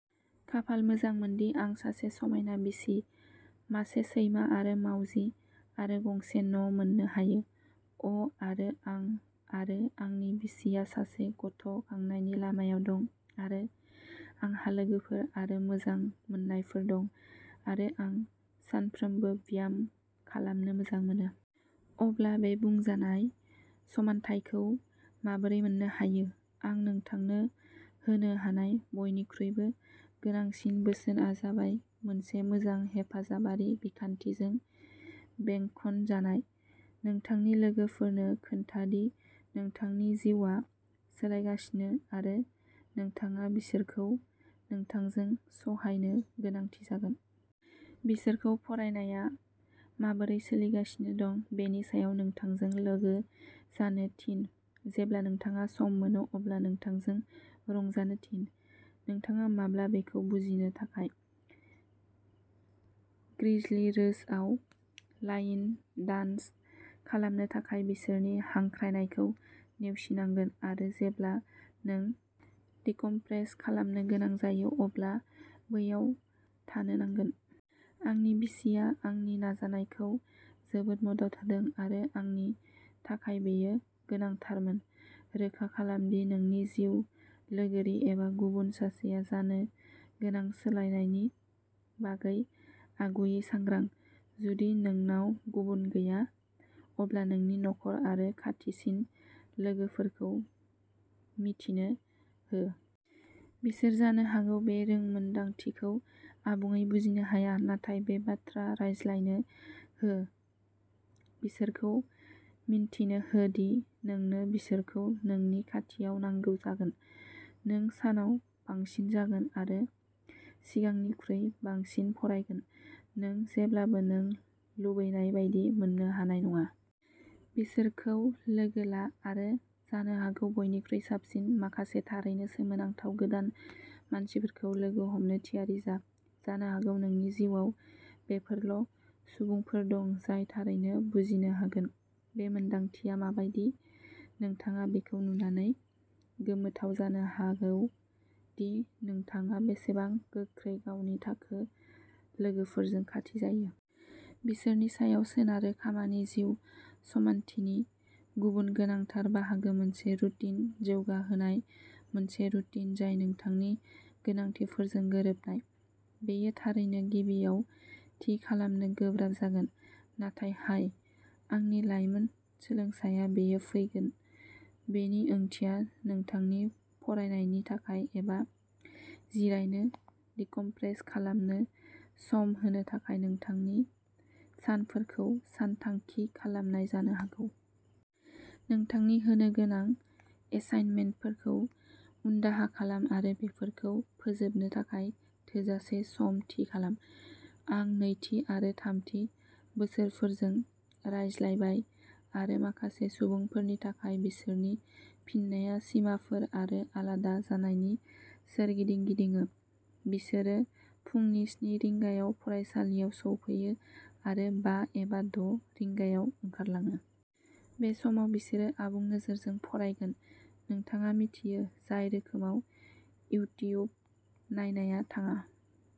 खाफाल मोजांमोनदि आं सासे समायना बिसि, मासे सैमा आरो मावजि, आरो गंसे न' मोन्नो हायो। अ' आरो आं आरो आंनि बिसिया सासे गथ' खांनायनि लामायाव दं आरो, आंहा लोगोफोर आरो मोजां मोननायफोर दं आरो आं सानफ्रोमबो ब्याम खालामनो मोजां मोनो। अब्ला, बे बुंजानाय समानथायखौ माबोरै मोन्नो हायो? आं नोंथांनो होनो हानाय बयनिख्रुइबो गोनांसिन बोसोनआ जाबाय मोनसे मोजां हेफाजाबारि बिखान्थिजों बेंखनजानाय। नोंथांनि लोगोफोरनो खोन्था दि नोंथांनि जिउआ सोलायगासिनो आरो नोंथाङा बिसोरखौ नोंथांजों सहायनो गोनांथि जागोन। बिसोरखौ फरायनाया माबोरै सोलिगासिनो दं बेनि सायाव नोंथांजों लोगो जानो थिन, जेब्ला नोंथाङा सम मोनो अब्ला नोंथांजों रंजानो थिन, नोंथाङा माब्ला बेखौ बुजिनो थाखाय। ग्रिजलि रोजआव लाइन डान्स खालामनो थाखाय बिसोरनि हांख्रायनायखौ नेवसिनांगोन, आरो जेब्ला नों डिकम्प्रेस खालामनो गोनां जायो अब्ला बैयाव थानो नांगोन। आंनि बिसिया आंनि नाजानायखौ जोबोद मदद होदों, आरो आंनि थाखाय बेयो गोनांथारमोन। रोखा खालाम दि नोंनि जिउ लोगोरि एबा गुबुन सासेआ जानो गोनां सोलायनायनि बागै आगुयै सांग्रां। जुदि नोंनाव गुबुन गैया, अब्ला नोंनि नखर आरो खाथिसिन लोगोफोरखौ मिन्थिनो हो। बिसोर जानो हागौ बे रोंमोनदांथिखौ आबुङै बुजिनो हाया, नाथाय बे बाथ्रा रायज्लायनो हो बिसोरखौ मिन्थिनो हो दि नोंनो बिसोरखौ नोंनि खाथियाव नांगौ जागोन। नों सानाव बांसिन जागोन आरो सिगांनिख्रुइ बांसिन फरायगोन। नों जेब्लाबो नों लुबैनाय बायदि मोन्नो हानाय नङा। बिसोरखौ लोगो ला आरो जानो हागौ बयनिख्रुइ साबसिन, माखासे थारैनो सोमोनांथाव गोदान मानसिफोरखौ लोगो हमनो थियारि जा। जानो हागौ नोंनि जिउआव बेफोरल' सुबुंफोर दं जाय थारैनो बुजिनो हागोन। बे मोन्दांथिया माबायदि। नोंथाङा बेखौ नुनानै गोमोथाव जानो हागौ दि नोंथाङा बेसेबां गोख्रै गावनि थाखो लोगोफोरजों खाथि जायो। बिसोरनि सायाव सोनारो खामानि जिउ समानथिनि गुबुन गोनांथार बाहागो मोनसे रुटिन जौगाहोनाय मोनसे रुटिन जाय नोंथांनि गोनांथिफोरजों गोरोबनाय। बेयो, थारैनो, गिबियाव थि खालामनो गोब्राब जागोन। नाथाय हाय, आंनि लाइमोन सोलोंसाया, बेयो फैगोन। बेनि ओंथिया नोंथांनि फरायनायनि थाखाय एबा जिरायनो डिकम्प्रेस खालामनो सम होनो थाखाय नोंथांनि सानफोरखौ सानथांखि खालामनाय जानो हागौ। नोंथांनि होनोगोनां एसाइनमेन्टफोरखौ उनदाहा खालाम आरो बेफोरखौ फोजोबनो थाखाय थोजासे सम थि खालाम। आं नैथि आरो थामथि बोसोरफोरजों रायज्लायबाय आरो माखासे सुबुंफोरनि थाखाय बिसोरनि फिननाया सिमाफोर आरो आलादा जानायनि सोरगिदिं गिदिङो। बिसोरो फुंनि स्नि रिंगायाव फरायसालियाव सफैयो आरो बा एबा द' रिंगायाव ओंखारलाङो। बे समाव बिसोरो आबुं नोजोरजों फरायगोन। नोंथाङा मिथियो, जाय रोखोमाव इउटिउब नायनाया थाङा।